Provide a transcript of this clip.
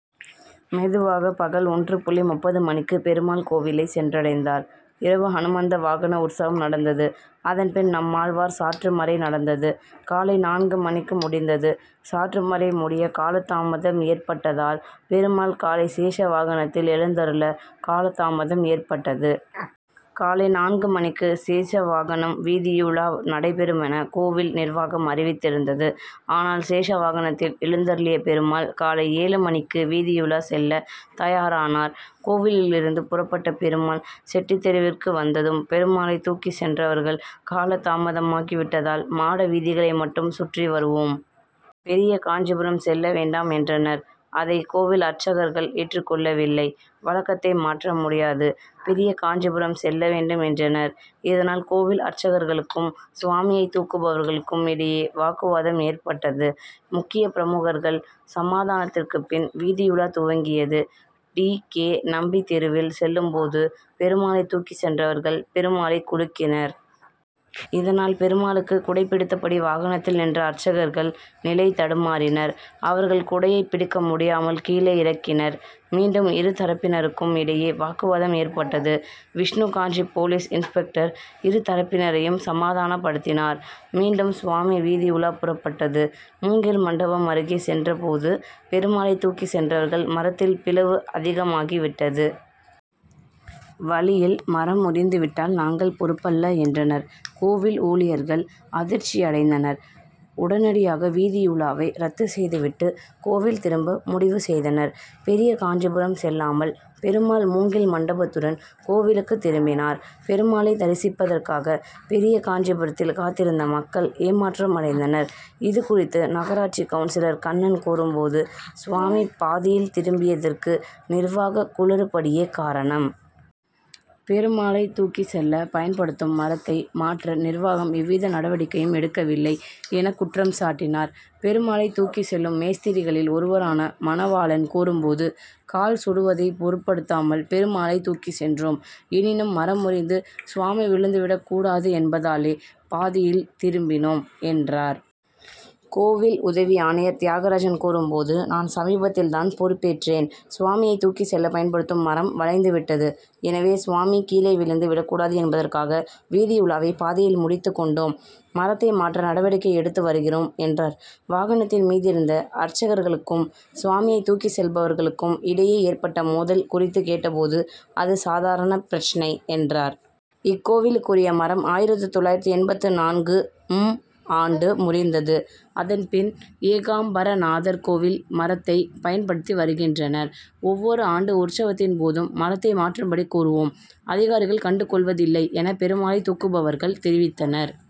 மெதுவாக பகல் ஒன்று புள்ளி முப்பது மணிக்கு பெருமாள் கோவிலை சென்றடைந்தார். இரவு ஹனுமந்த வாகன உற்சவம் நடந்தது. அதன்பின் நம்மாழ்வார் சாற்றுமறை நடந்தது. காலை நான்கு மணிக்கு முடிந்தது. சாற்றுமறை முடிய காலதாமதம் ஏற்பட்டதால், பெருமாள் காலை சேஷ வாகனத்தில் எழுந்தருள காலதாமதம் ஏற்பட்டது. காலை நான்கு மணிக்கு சேஷ வாகனம் வீதியுலா நடைபெறுமென, கோவில் நிர்வாகம் அறிவித்திருந்தது. ஆனால் சேஷ வாகனத்தில் எழுந் தருளிய பெருமாள், காலை ஏழு மணிக்கு வீதியுலா செல்ல தயாரானார். கோவிலிலிருந்து புறப்பட்ட பெருமாள் செட்டித்தெருவிற்கு வந்ததும், பெருமாளை தூக்கி சென்றவர்கள், காலதாமதமாகிவிட்டதால் மாட வீதிகளை மட்டும் சுற்றி வருவோம். பெரியகாஞ்சிபுரம் செல்ல வேண்டாம் என்றனர். அதை கோவில் அர்ச்சகர்கள் ஏற்றுக் கொள்ளவில்லை. வழக்கத்தை மாற்ற முடியாது. பெரியகாஞ்சிபுரம் செல்ல வேண்டும் என்றனர். இதனால் கோவில் அர்ச்சகர்களுக்கும், சுவாமியை தூக்குபவர்களுக்கும் இடையே வாக்குவாதம் ஏற்பட்டது. முக்கிய பிரமுகர்கள் சமாதானத்திற்கு பின், வீதியுலா துவங்கியது. டி. கே. நம்பி தெருவில் செல்லும்போது, பெருமாளை தூக்கி சென்றவர்கள், பெருமாளை குலுக்கினர். இதனால் பெருமாளுக்கு குடைபிடித்தபடி வாகனத்தில் நின்ற அர்ச்சகர்கள் நிலை தடுமாறினர். அவர்கள் குடையை பிடிக்க முடியாமல் கீழே இறக்கினர். மீண்டும் இரு தரப்பினருக்கும் இடையே, வாக்குவாதம் ஏற்பட்டது. விஷ்ணுகாஞ்சி போலீஸ் இன்ஸ்பெக்டர் இரு தரப்பினரையும் சமாதானப்படுத்தினார். மீண்டும் சுவாமி வீதியுலா புறப்பட்டது. மூங்கில் மண்டபம் அருகே சென்றபோது, பெருமாளை தூக்கி சென்றவர்கள் மரத்தில் பிளவு அதிகமாகிவிட்டது. வழியில் மரம் முறிந்துவிட்டால், நாங்கள் பொறுப்பல்ல என்றனர். கோவில் ஊழியர்கள் அதிர்ச்சி அடைந்தனர். உடனடியாக வீதியுலாவை, ரத்து செய்துவிட்டு, கோவில் திரும்ப முடிவு செய்தனர். பெரியகாஞ்சிபுரம் செல்லாமல், பெருமாள் மூங்கில் மண்டபத்துடன், கோவிலுக்கு திரும்பினார். பெருமாளை தரிசிப்பதற்காக, பெரியகாஞ்சிபுரத்தில் காத்திருந்த மக்கள் ஏமாற்றமடைந்தனர். இதுகுறித்து நகராட்சி கவுன்சிலர் கண்ணன் கூறும்போது, சுவாமி பாதியில் திரும்பியதற்கு, நிர்வாக குளறுபடியே காரணம். பெருமாளை தூக்கி செல்ல பயன்படுத்தும் மரத்தை மாற்ற, நிர்வாகம் எவ்வித நடவடிக்கையும் எடுக்கவில்லை' என குற்றம் சாட்டினார். பெருமாளை தூக்கி செல்லும் மேஸ்திரிகளில் ஒருவரான, மணவாளன் கூறும்போது, கால் சுடுவதை பொருட்படுத்தாமல், பெருமாளை தூக்கி சென்றோம். எனினும் மரம் முறிந்து சுவாமி விழுந்து விடக்கூடாது என்பதாலே பாதியில் திரும்பினோம் என்றார். கோவில் உதவி ஆணையர் தியாகராஜன் கூறும்போது, நான் சமீபத்தில் தான் பொறுப்பேற்றேன். சுவாமியை தூக்கி செல்ல பயன்படுத்தும் மரம் வளைந்து விட்டது. எனவே சுவாமி கீழே விழுந்து விடக்கூடாது என்பதற்காக வீதியுலாவை பாதியில் முடித்து கொண்டோம். மரத்தை மாற்ற நடவடிக்கை எடுத்து வருகிறோம் என்றார். வாகனத்தின் மீதிருந்த அர்ச்சகர்களுக்கும், சுவாமியை தூக்கி செல்பவர்களுக்கும் இடையே ஏற்பட்ட மோதல் குறித்து கேட்டபோது, அது சாதாரண பிரச்னை என்றார். இக்கோவிலுக்குரிய மரம் ஆயிரத்து தொள்ளாயிரத்து எண்பத்து நான்கு ம் ஆண்டு முறிந்தது. அதன்பின் ஏகாம்பரநாதர் கோவில் மரத்தை, பயன்படுத்தி வருகின்றனர். ஒவ்வொரு ஆண்டு உற்சவத்தின்போதும், மரத்தை மாற்றும்படி கூறுவோம். அதிகாரிகள் கண்டு கொள்வதில்லை என பெருமாளை தூக்குபவர்கள் தெரிவித்தனர்.